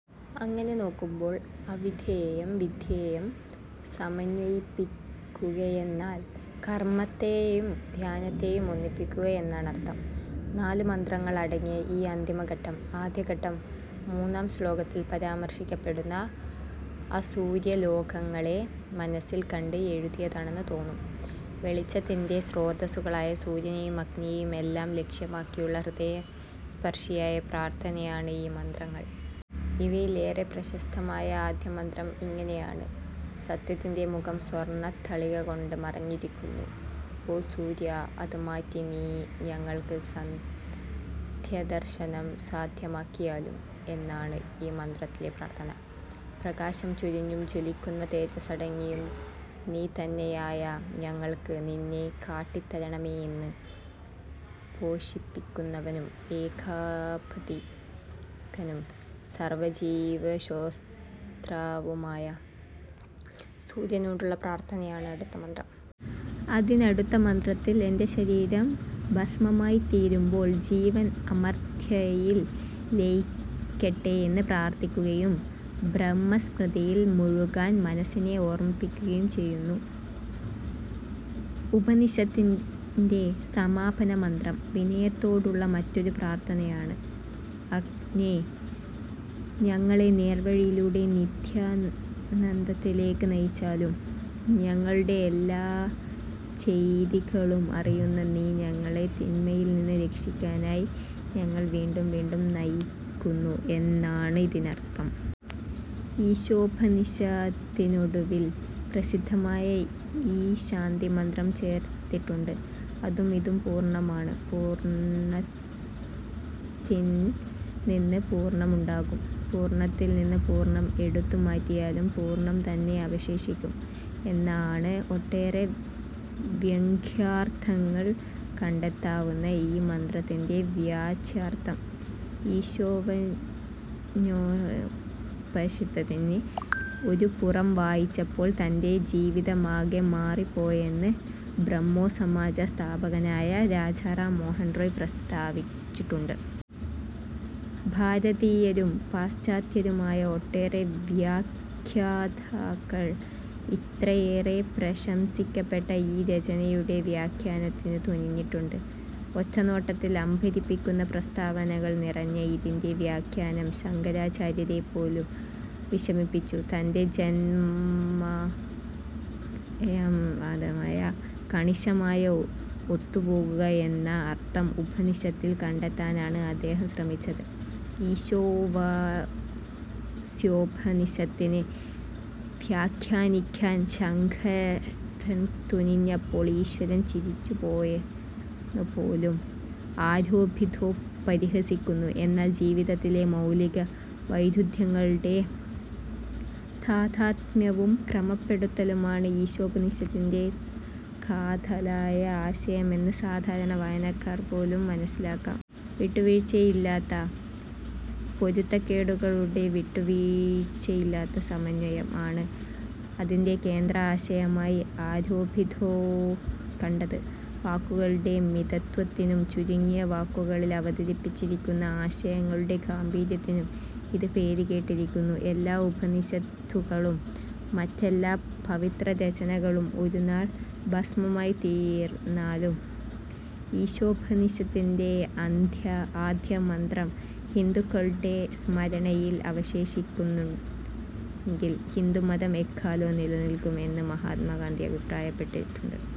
അങ്ങനെ നോക്കുമ്പോൾ, അവിദ്യയേയും വിദ്യയേയും സമന്വയിപ്പിക്കുകയെന്നാൽ, കർമ്മത്തേയും ധ്യാനത്തേയും ഒന്നിപ്പിക്കുക എന്നാണർത്ഥം. നാലു മന്ത്രങ്ങൾ അടങ്ങിയ ഈ അന്തിമ ഘട്ടം, ആദ്യഘട്ടം മൂന്നാം ശ്ലോകത്തിൽ പരാമർശിക്കപ്പെടുന്ന അസൂര്യലോകങ്ങളെ മനസ്സിൽ കണ്ട് എഴുതിയതാണെന്ന് തോന്നും. വെളിച്ചത്തിന്റെ സ്രോതസ്സുകളായ സൂര്യനേയും അഗ്നിയേയും എല്ലാം ലക്ഷ്യമാക്കിയുള്ള ഹൃദയസ്പർശിയായ പ്രാർത്ഥനയാണ് ഈ മന്ത്രങ്ങൾ. ഇവയിൽ ഏറെ പ്രശസ്തമായ ആദ്യമന്ത്രം ഇങ്ങനെയാണ്:- "സത്യത്തിന്റെ മുഖം സ്വർണ്ണത്തളിക കൊണ്ട് മറഞ്ഞിരിക്കുന്നു; ഓ സൂര്യാ, അത് മാറ്റി നീ ഞങ്ങൾക്ക് സത്യദർശനം സാദ്ധ്യമാക്കിയാലും" എന്നാണ് ഈ മന്ത്രത്തിലെ പ്രാർത്ഥന. പ്രകാശം ചൊരിഞ്ഞും ജ്വലിക്കുന്ന തേജസ് അടക്കിയും, നീ തന്നെയായ ഞങ്ങൾക്ക് നിന്നെ കാട്ടിത്തരേണമേ എന്ന്, പോഷിപ്പിക്കുന്നവനും ഏകാന്തപഥികനും സർവജീവശ്രോതസ്സുമായ സൂര്യനോടുള്ള പ്രാർത്ഥനയാണ് അടുത്ത മന്ത്രം. അതിനടുത്തമന്ത്രത്തിൽ എന്റെ ശരീരം ഭസ്മമായിത്തീരുമ്പോൾ, ജീവൻ അമർത്ത്യതയിൽ ലയിക്കട്ടെയെന്ന് പ്രാർത്ഥിക്കുകയും, ബ്രഹ്മസ്മൃതിയിൽ മുഴുകാൻ മനസ്സിനെ ഓർമ്മിപ്പിക്കുകയും ചെയ്യുന്നു. ഉപനിഷത്തിന്റെ സമാപനമന്ത്രം വിനയത്തോടെയുള്ള മറ്റൊരു പ്രാർത്ഥനയാണ്:- "അഗ്നേ, ഞങ്ങളെ നേർവഴിയിലൂടെ നിത്യാനന്ദത്തിലേക്ക് നയിച്ചാലും. ഞങ്ങളുടെ എല്ലാച്ചെയ്തികളും അറിയുന്ന നീ ഞങ്ങളെ തിന്മയിൽ നിന്ന് രക്ഷിക്കാനായി ഞങ്ങൾ വീണ്ടും വീണ്ടും നമിക്കുന്നു " എന്നാണ് ഇതിനർത്ഥം. ഈശോപനിഷത്തിനൊടുവിൽ പ്രസിദ്ധമായ ഈ ശാന്തിമന്ത്രം ചേർത്തിട്ടുണ്ട്:- "അതും ഇതും പൂർണ്ണമാണ്; പൂർണ്ണത്തിൻൽ നിന്ന് പൂർണ്ണം ഉണ്ടാകുന്നു; പൂർണ്ണത്തിൽ നിന്ന് പൂർണ്ണം എടുത്തുമാറ്റിയാലും പൂർണ്ണം തന്നെ അവശേഷിക്കുന്നു" എന്നാണ് ഒട്ടേറെ വ്യംഗ്യാർത്ഥങ്ങൾ കണ്ടെത്താവുന്ന ഈ മന്ത്രത്തിന്റെ വാച്യാർത്ഥം. ഈശാവാസ്യോപനിഷത്ത് ഒരു പുറം വായിച്ചപ്പോൾ തന്റെ ജീവിതമാകെ മാറിപ്പോയെന്ന് ബ്രഹ്മോസമാജ സ്ഥാപകനായ രാജാ റാം മോഹൻ റായ് പ്രസ്ഥാവിച്ചിട്ടുണ്ട്. ഭാരതീയരും പാശ്ചാത്യരുമായ ഒട്ടേറെ വ്യാഖ്യാതാക്കൾ, ഇത്രയേറെ പ്രശംസിക്കപ്പെട്ട ഈ രചനയുടെ വ്യാഖ്യാനത്തിന് തുനിഞ്ഞിട്ടുണ്ട്. ഒറ്റനോട്ടത്തിൽ അമ്പരപ്പിക്കുന്ന പ്രസ്താവനകൾ നിറഞ്ഞ ഇതിന്റെ വ്യാഖ്യാനം ശങ്കരാചാര്യരെപ്പോലും വിഷമിപ്പിച്ചു. തന്റെ ജഗന്മായാവാദവുമായി കണിശമായി ഒത്തുപോകുന്ന അർത്ഥം ഉപനിഷത്തിൽ കണ്ടെത്താനാണ് അദ്ദേഹം ശ്രമിച്ചത്. ഈശാവാസ്യോപനിഷത്ത് വ്യാഖ്യാനിക്കാൻ ശങ്കരൻ തുനിഞ്ഞപ്പോൾ ഈശ്വരൻ ചിരിച്ചുപോയെന്നുപോലും അരോബിന്ദോ പരിഹസിക്കുന്നു എന്നാൽ ജീവിതത്തിലെ മൗലികവൈരുദ്ധ്യങ്ങളുടെ താദാത്മ്യവും ക്രമപ്പെടുത്തലുമാണ് ഈശോപനിഷത്തിന്റെ കാതലായ ആശയമെന്ന് സാധാരണ വായനക്കാരനു പോലും മനസ്സിലാക്കാം. "വിട്ടുവീഴ്ചയില്ലാത്ത പൊരുത്തക്കേടുകളുടെ വിട്ടുവീഴ്ചയില്ലാത്ത സമന്വയം" ആണ് അതിന്റെ കേന്ദ്ര ആശയമായി അരോബിന്ദോ കണ്ടത്. വാക്കുകളുടെ മിതത്ത്വത്തിനും, ചുരുങ്ങിയ വാക്കുകളിൽ അവതരിപ്പിച്ചിരിക്കുന്ന ആശയങ്ങളുടെ ഗാംഭീര്യത്തിനും ഇത് പേരുകേട്ടിരിക്കുന്നു. "എല്ലാ ഉപനിഷത്തുകളും, മറ്റെല്ലാ പവിത്രരചനകളും ഒരുനാൾ ഭസ്മമായിത്തീർന്നാലും, ഈശോപനിഷത്തിലെ ആദ്യമന്ത്രം ഹിന്ദുക്കളുടെ സ്മരണയിൽ അവശേഷിക്കുന്നെങ്കിൽ, ഹിന്ദുമതം എക്കാലവും നിലനിൽക്കും" എന്ന് മഹാത്മാഗാന്ധി അഭിപ്രായപ്പെട്ടിട്ടുണ്ട്.